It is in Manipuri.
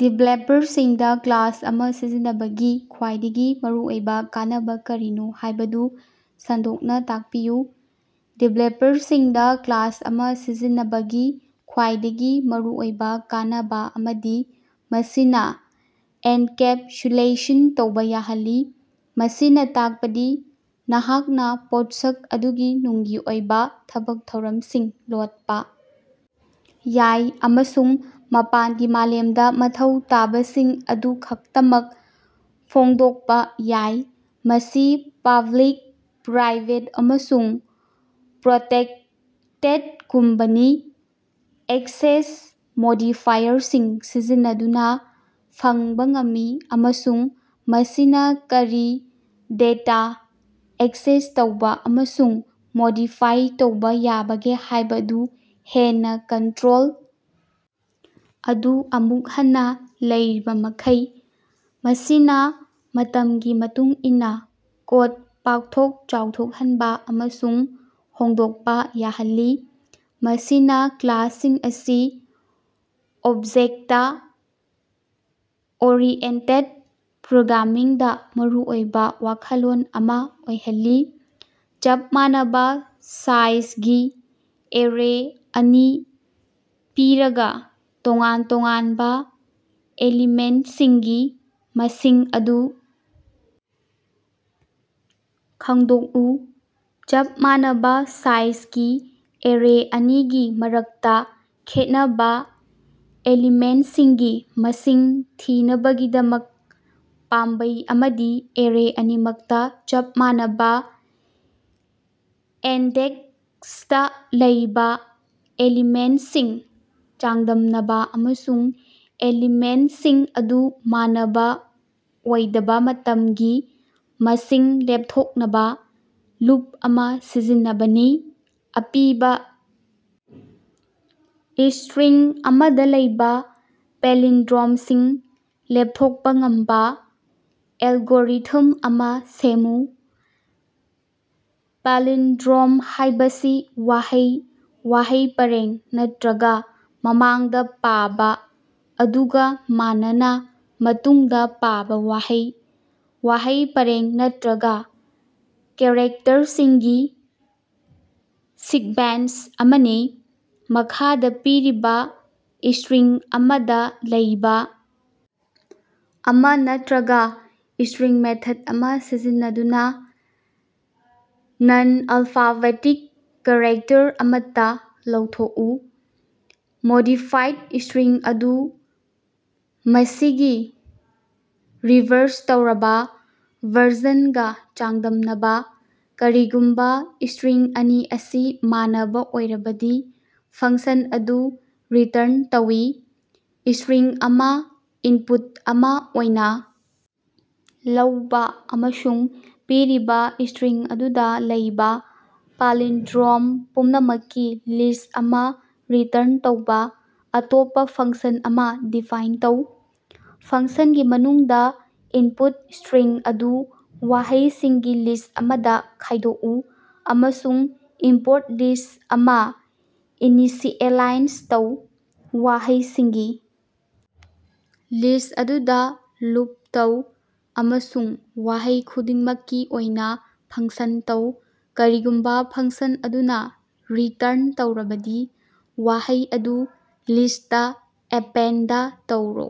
ꯗꯤꯕꯦꯂꯞꯄꯔꯁꯤꯡꯗ ꯀ꯭ꯂꯥꯁ ꯑꯃ ꯁꯤꯖꯤꯟꯅꯕꯒꯤ ꯈ꯭ꯋꯥꯏꯗꯒꯤ ꯃꯔꯨꯑꯣꯏꯕ ꯀꯥꯟꯅꯕ ꯀꯔꯤꯅꯣ ꯍꯥꯏꯕꯗꯨ ꯁꯟꯗꯣꯛꯅ ꯇꯥꯛꯄꯤꯌꯨ? ꯗꯤꯕꯦꯂꯞꯄꯔꯁꯤꯡꯗ ꯀ꯭ꯂꯥꯁ ꯑꯃ ꯁꯤꯖꯤꯟꯅꯕꯒꯤ ꯈ꯭ꯋꯥꯏꯗꯒꯤ ꯃꯔꯨꯑꯣꯏꯕ ꯀꯥꯟꯅꯕ ꯑꯃꯗꯤ ꯃꯁꯤꯅ ꯑꯦꯟꯀꯦꯞꯁꯨꯂꯦꯁꯟ ꯇꯧꯕ ꯌꯥꯍꯟꯕꯅꯤ꯫ ꯃꯁꯤꯅ ꯇꯥꯛꯄꯗꯤ ꯅꯍꯥꯛꯅ ꯄꯣꯠꯁꯛ ꯑꯗꯨꯒꯤ ꯅꯨꯡꯒꯤ ꯑꯣꯏꯕ ꯊꯕꯛ ꯊꯧꯔꯝꯁꯤꯡ ꯂꯣꯠꯄ ꯌꯥꯏ ꯑꯃꯁꯨꯡ ꯃꯄꯥꯟꯒꯤ ꯃꯥꯂꯦꯝꯗ ꯃꯊꯧ ꯇꯥꯕꯁꯤꯡ ꯑꯗꯨ ꯈꯛꯇꯃꯛ ꯐꯣꯡꯗꯣꯛꯄ ꯌꯥꯏ꯫ ꯃꯁꯤ ꯄꯕ꯭ꯂꯤꯛ, ꯄ꯭ꯔꯥꯏꯚꯦꯠ ꯑꯃꯁꯨꯡ ꯄ꯭ꯔꯣꯇꯦꯛꯇꯦꯗꯒꯨꯝꯕ ꯑꯦꯛꯁꯦꯁ ꯃꯣꯗꯤꯐꯥꯏꯌꯔꯁꯤꯡ ꯁꯤꯖꯤꯟꯅꯗꯨꯅ ꯐꯪꯕ ꯉꯝꯃꯤ ꯑꯃꯁꯨꯡ ꯃꯁꯤꯅ ꯀꯔꯤ ꯗꯦꯇꯥ ꯑꯦꯛꯁꯦꯁ ꯇꯧꯕꯥ ꯑꯃꯁꯨꯡ ꯃꯣꯗꯤꯐꯥꯏ ꯇꯧꯕꯥ ꯌꯥꯕꯒꯦ ꯍꯥꯏꯕꯗꯨ ꯍꯦꯟꯅ ꯀꯟꯇ꯭ꯔꯣꯜ ꯑꯗꯨ ꯑꯃꯨꯛ ꯍꯟꯅ ꯂꯩꯔꯤꯕꯃꯈꯩ꯫ ꯃꯁꯤꯅ ꯃꯇꯝꯒꯤ ꯃꯇꯨꯡ ꯏꯟꯅ ꯀꯣꯗ ꯄꯥꯛꯊꯣꯛ ꯆꯥꯎꯊꯣꯛꯍꯟꯕ ꯑꯃꯁꯨꯡ ꯍꯣꯡꯗꯣꯛꯄ ꯌꯥꯍꯜꯂꯤ, ꯃꯁꯤꯅꯥ ꯀ꯭ꯂꯥꯁꯁꯤꯡ ꯑꯁꯤ ꯑꯣꯕꯖꯦꯛꯇ-ꯑꯣꯔꯤꯑꯦꯟꯇꯦꯗ ꯄ꯭ꯔꯣꯒ꯭ꯔꯥꯃꯤꯡꯗꯥ ꯃꯔꯨꯑꯣꯏꯕ ꯋꯥꯈꯜꯂꯣꯟ ꯑꯃ ꯑꯣꯏꯍꯜꯂꯤ꯫ ꯆꯞ ꯃꯥꯟꯅꯕꯥ ꯁꯥꯏꯖꯒꯤ ꯑꯦꯔꯦ ꯑꯅꯤ ꯄꯤꯔꯒ, ꯇꯣꯉꯥꯟ-ꯇꯣꯉꯥꯟꯕ ꯑꯦꯂꯤꯃꯦꯟꯇꯁꯤꯡꯒꯤ ꯃꯁꯤꯡ ꯑꯗꯨ ꯈꯪꯗꯣꯛꯎ꯫ ꯆꯞ ꯃꯥꯟꯅꯕ ꯁꯥꯏꯖꯒꯤ ꯑꯦꯔꯦ ꯑꯅꯤꯒꯤ ꯃꯔꯛꯇꯥ ꯈꯦꯠꯅꯕ ꯑꯦꯂꯤꯃꯦꯟꯇꯁꯤꯡꯒꯤ ꯃꯁꯤꯡ ꯊꯤꯅꯕꯒꯤꯗꯃꯛ, ꯄꯥꯝꯕꯩ ꯑꯃꯗꯤ ꯑꯦꯔꯦ ꯑꯅꯤꯃꯛꯇ ꯆꯞ ꯃꯥꯟꯅꯕ ꯏꯟꯗꯦꯛꯁꯇ ꯂꯩꯕ ꯑꯦꯂꯤꯃꯦꯟꯇꯁꯤꯡ ꯆꯥꯡꯗꯝꯅꯕ ꯑꯃꯁꯨꯡ ꯑꯦꯂꯤꯃꯦꯟꯇꯁꯤꯡ ꯑꯗꯨ ꯃꯥꯟꯅꯕ ꯑꯣꯏꯗꯕ ꯃꯇꯝꯒꯤ ꯃꯁꯤꯡ ꯂꯦꯞꯊꯣꯛꯅꯕ ꯂꯨꯞ ꯑꯃ ꯁꯤꯖꯤꯟꯅꯕꯅꯤ꯫ ꯑꯄꯤꯕ ꯏꯁꯇ꯭ꯔꯤꯡ ꯑꯃꯗ ꯂꯩꯕ ꯄꯦꯂꯤꯟꯗ꯭ꯔꯣꯝꯁꯤꯡ ꯂꯦꯞꯊꯣꯛꯄ ꯉꯝꯕ ꯑꯦꯜꯒꯣꯔꯤꯊꯝ ꯑꯃ ꯁꯦꯝꯃꯨ꯫ ꯄꯥꯂꯤꯟꯗ꯭ꯔꯣꯝ ꯍꯥꯏꯕꯁꯤ ꯋꯥꯍꯩ, ꯋꯥꯍꯩ ꯄꯔꯦꯡ ꯅꯠꯇ꯭ꯔꯒ ꯃꯃꯥꯡꯗ ꯄꯥꯕ ꯑꯗꯨꯒ ꯃꯥꯟꯅꯅ ꯃꯇꯨꯡꯗ ꯄꯥꯕ ꯋꯥꯍꯩ, ꯋꯥꯍꯩ ꯄꯔꯦꯡ ꯅꯠꯇ꯭ꯔꯒ ꯀꯦꯔꯦꯛꯇꯔꯁꯤꯡꯒꯤ ꯁꯤꯛꯕꯦꯟꯁ ꯑꯃꯅꯤ꯫ ꯃꯈꯥꯗ ꯄꯤꯔꯤꯕ ꯏꯁꯇ꯭ꯔꯤꯡ ꯑꯃꯗ ꯂꯩꯕ ꯑꯃ ꯅꯠꯇ꯭ꯔꯒ ꯏꯁꯇ꯭ꯔꯤꯡ ꯃꯦꯊꯠ ꯑꯃ ꯁꯤꯖꯤꯟꯅꯗꯨꯅ ꯅꯟ-ꯑꯜꯐꯥꯕꯦꯇꯤꯛ ꯀꯦꯔꯦꯛꯇꯔ ꯑꯃꯠꯇ ꯂꯧꯊꯣꯛꯎ꯫ ꯃꯣꯗꯤꯐꯥꯏꯗ ꯏꯁꯇ꯭ꯔꯤꯡ ꯑꯗꯨ ꯃꯁꯤꯒꯤ ꯔꯤꯚꯥꯔꯁ ꯇꯧꯔꯕ ꯚꯔꯖꯟꯒ ꯆꯥꯡꯗꯝꯅꯕ꯫ ꯀꯔꯤꯒꯨꯝꯕ ꯏꯁꯇ꯭ꯔꯤꯡ ꯑꯅꯤ ꯑꯁꯤ ꯃꯥꯟꯅꯕ ꯑꯣꯏꯔꯕꯗꯤ, ꯐꯪꯁꯟ ꯑꯗꯨ ꯔꯤꯇꯔꯟ ꯇꯧꯏ꯫ ꯏꯁꯇ꯭ꯔꯤꯡ ꯑꯃ ꯏꯟꯄꯨꯠ ꯑꯃ ꯑꯣꯏꯅ ꯂꯧꯕ ꯑꯃꯁꯨꯡ ꯄꯤꯔꯤꯕ ꯏꯁꯇ꯭ꯔꯤꯡ ꯑꯗꯨꯗꯥ ꯂꯩꯕꯥ ꯄꯥꯂꯤꯟꯗ꯭ꯔꯣꯝ ꯄꯨꯝꯅꯃꯛꯀꯤ ꯂꯤꯁ꯭ꯠ ꯑꯃ ꯔꯤꯇꯔꯟ ꯇꯧꯕ ꯑꯇꯣꯞꯄ ꯐꯪꯁꯟ ꯑꯃ ꯗꯤꯐꯥꯏꯟ ꯇꯧ꯫ ꯐꯪꯁꯟꯒꯤ ꯃꯅꯨꯡꯗ, ꯏꯟꯄꯨꯠ ꯏꯁꯇ꯭ꯔꯤꯡ ꯑꯗꯨ ꯋꯥꯍꯩꯁꯤꯡꯒꯤ ꯂꯤꯁ ꯑꯃꯗ ꯈꯥꯏꯗꯣꯛꯎ, ꯑꯃꯁꯨꯡ ꯏꯝꯄꯣꯔꯠ ꯂꯤꯁ ꯑꯃ ꯏꯅꯤꯁꯤꯑꯦꯂꯥꯏꯖ ꯇꯧ꯫ ꯋꯥꯍꯩꯁꯤꯡꯒꯤ ꯂꯤꯁ꯭ꯠ ꯑꯗꯨꯗ ꯂꯨꯞ ꯇꯧ, ꯑꯃꯁꯨꯡ ꯋꯥꯍꯩ ꯈꯨꯗꯤꯡꯃꯛꯀꯤ ꯑꯣꯏꯅ ꯐꯪꯁꯟ ꯇꯧꯏ꯫ ꯀꯔꯤꯒꯨꯝꯕ ꯐꯪꯁꯟ ꯑꯗꯨꯅ ꯔꯤꯇꯔꯟ ꯇꯧꯔꯕꯗꯤ, ꯋꯥꯍꯩ ꯑꯗꯨ ꯂꯤꯁꯇ ꯑꯦꯄꯦꯟꯗ ꯇꯧꯔꯣ꯫